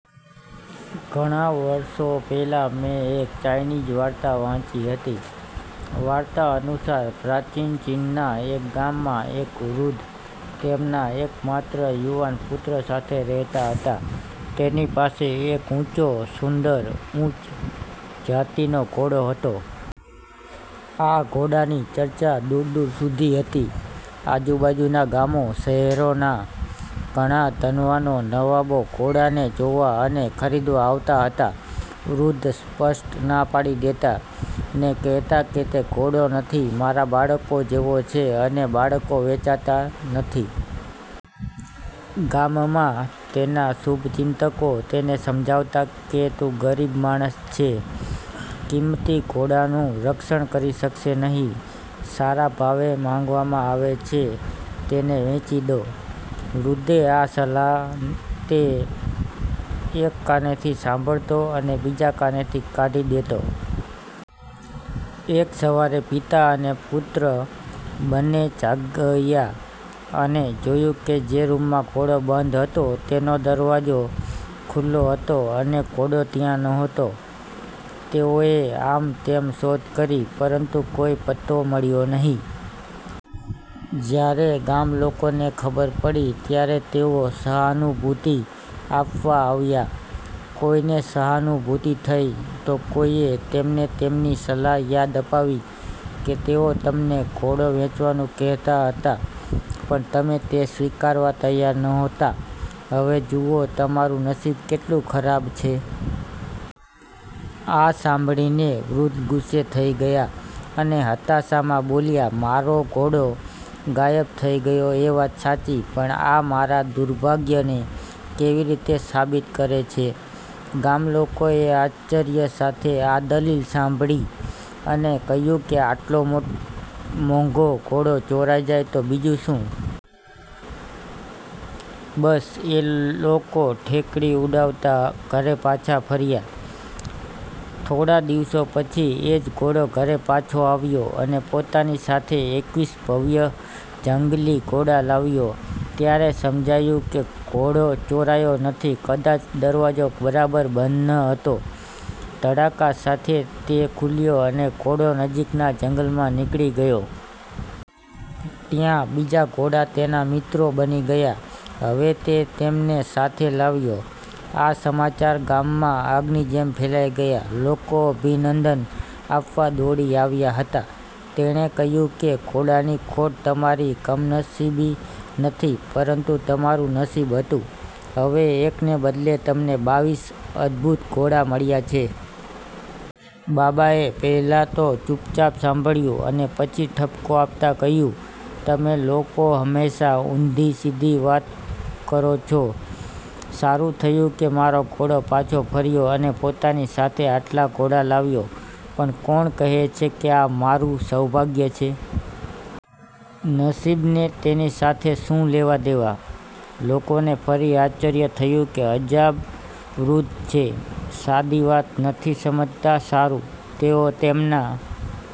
ઘણા વર્ષો પહેલા મેં એક ચાઈનીઝ વાર્તા વાંચી હતી, વાર્તા અનુસાર, પ્રાચીન ચીનના એક ગામમાં, એક વૃદ્ધ તેમના એકમાત્ર યુવાન પુત્ર સાથે રહેતા હતા. તેની પાસે એક ઊંચો, સુંદર, ઉચ્ચ જાતિનો ઘોડો હતો. આ ઘોડાની ચર્ચા દૂર દૂર સુધી હતી. આજુબાજુના ગામો, શહેરોના ઘણા ધનવાનો, નવાબો ઘોડા ને જોવા અને ખરીદવા આવતા હતા. વૃદ્ધ સ્પષ્ટ ના પાડી દેતા. ને કહેતા કે તે ઘોડો નથી, મારા બાળકો જેવો છે અને બાળકો વેચાતા નથી. ગામમાં તેના શુભચિંતકો તેને સમજાવતા કે તું ગરીબ માણસ છે, કિંમતી ઘોડાનું રક્ષણ કરી શકશે નહીં, સારા ભાવે માંગવામાં આવે છે, તેને વેચી દો. વૃદ્ધે આ સલાહતે એક કાનેથી સાંભળતો અને બીજા કાનેથી કાઢી દેતો. એક સવારે પિતા અને પુત્ર બંને જાગયા અને જોયું કે જે રૂમમાં ઘોડો બંધ હતો તેનો દરવાજો ખુલ્લો હતો અને ઘોડો ત્યાં નહોતો. તેઓએ આમ તેમ શોધ કરી, પરંતુ કોઈ પત્તો મળ્યો નહીં. જ્યારે ગામલોકોને ખબર પડી ત્યારે તેઓ સહાનુભૂતિ આપવા આવ્યા. કોઈને સહાનુભૂતિ થઈ, તો કોઈએ તેમને તેમની સલાહ યાદ અપાવી કે તેઓ તમને ઘોડો વેચવાનું કહેતા હતા, પણ તમે તે સ્વીકારવા તૈયાર નહોતા, હવે જુઓ તમારું નસીબ કેટલું ખરાબ છે. આ સાંભળીને વૃદ્ધ ગુસ્સે થઈ ગયા અને હતાશામાં બોલ્યા, મારો ઘોડો ગાયબ થઈ ગયો એ વાત સાચી, પણ આ મારા દુર્ભાગ્યને કેવી રીતે સાબિત કરે છે? ગામલોકોએ આશ્ચર્ય સાથે આ દલીલ સાંભળી અને કહ્યું કે આટલો મોંઘો ઘોડો ચોરાઈ જાય તો બીજું શું? બસ, એ લોકો ઠેકડી ઉડાવતા ઘરે પાછા ફર્યા. થોડા દિવસો પછી એ જ ઘોડો ઘરે પાછો આવ્યો અને પોતાની સાથે એકવીસ ભવ્ય જંગલી ઘોડા લાવ્યો. ત્યારે સમજાયું કે ઘોડો ચોરાયો નથી, કદાચ દરવાજો બરાબર બંધ ન હતો, ધડાકા સાથે તે ખુલ્યો અને ઘોડો નજીકના જંગલમાં નીકળી ગયો. ત્યાં બીજા ઘોડા તેના મિત્રો બની ગયા, હવે તે તેમને સાથે લાવ્યો. આ સમાચાર ગામમાં આગની જેમ ફેલાઈ ગયા. લોકો અભિનંદન આપવા દોડી આવ્યા હતા. તેણે કહ્યું કે ઘોડાની ખોટ તમારી કમનસીબી નથી, પરંતુ તમારું નસીબ હતું, હવે એકને બદલે તમને બાવીસ અદ્ભુત ઘોડા મળ્યા છે. બાબાએ પહેલા તો ચુપચાપ સાંભળ્યું અને પછી ઠપકો આપતા કહ્યું, તમે લોકો હંમેશા ઉંધી સીધી વાત કરો છો, સારું થયું કે મારો ઘોડો પાછો ફર્યો અને પોતાની સાથે આટલા ઘોડા લાવ્યો, પણ કોણ કહે કે આ મારું સૌભાગ્ય છે? નસીબને તેની સાથે શું લેવાદેવા? લોકોને ફરી આશ્ચર્ય થયું કે અજાબ વૃદ્ધ છે, સાદી વાત નથી સમજતા. સારું, તેઓ તેમના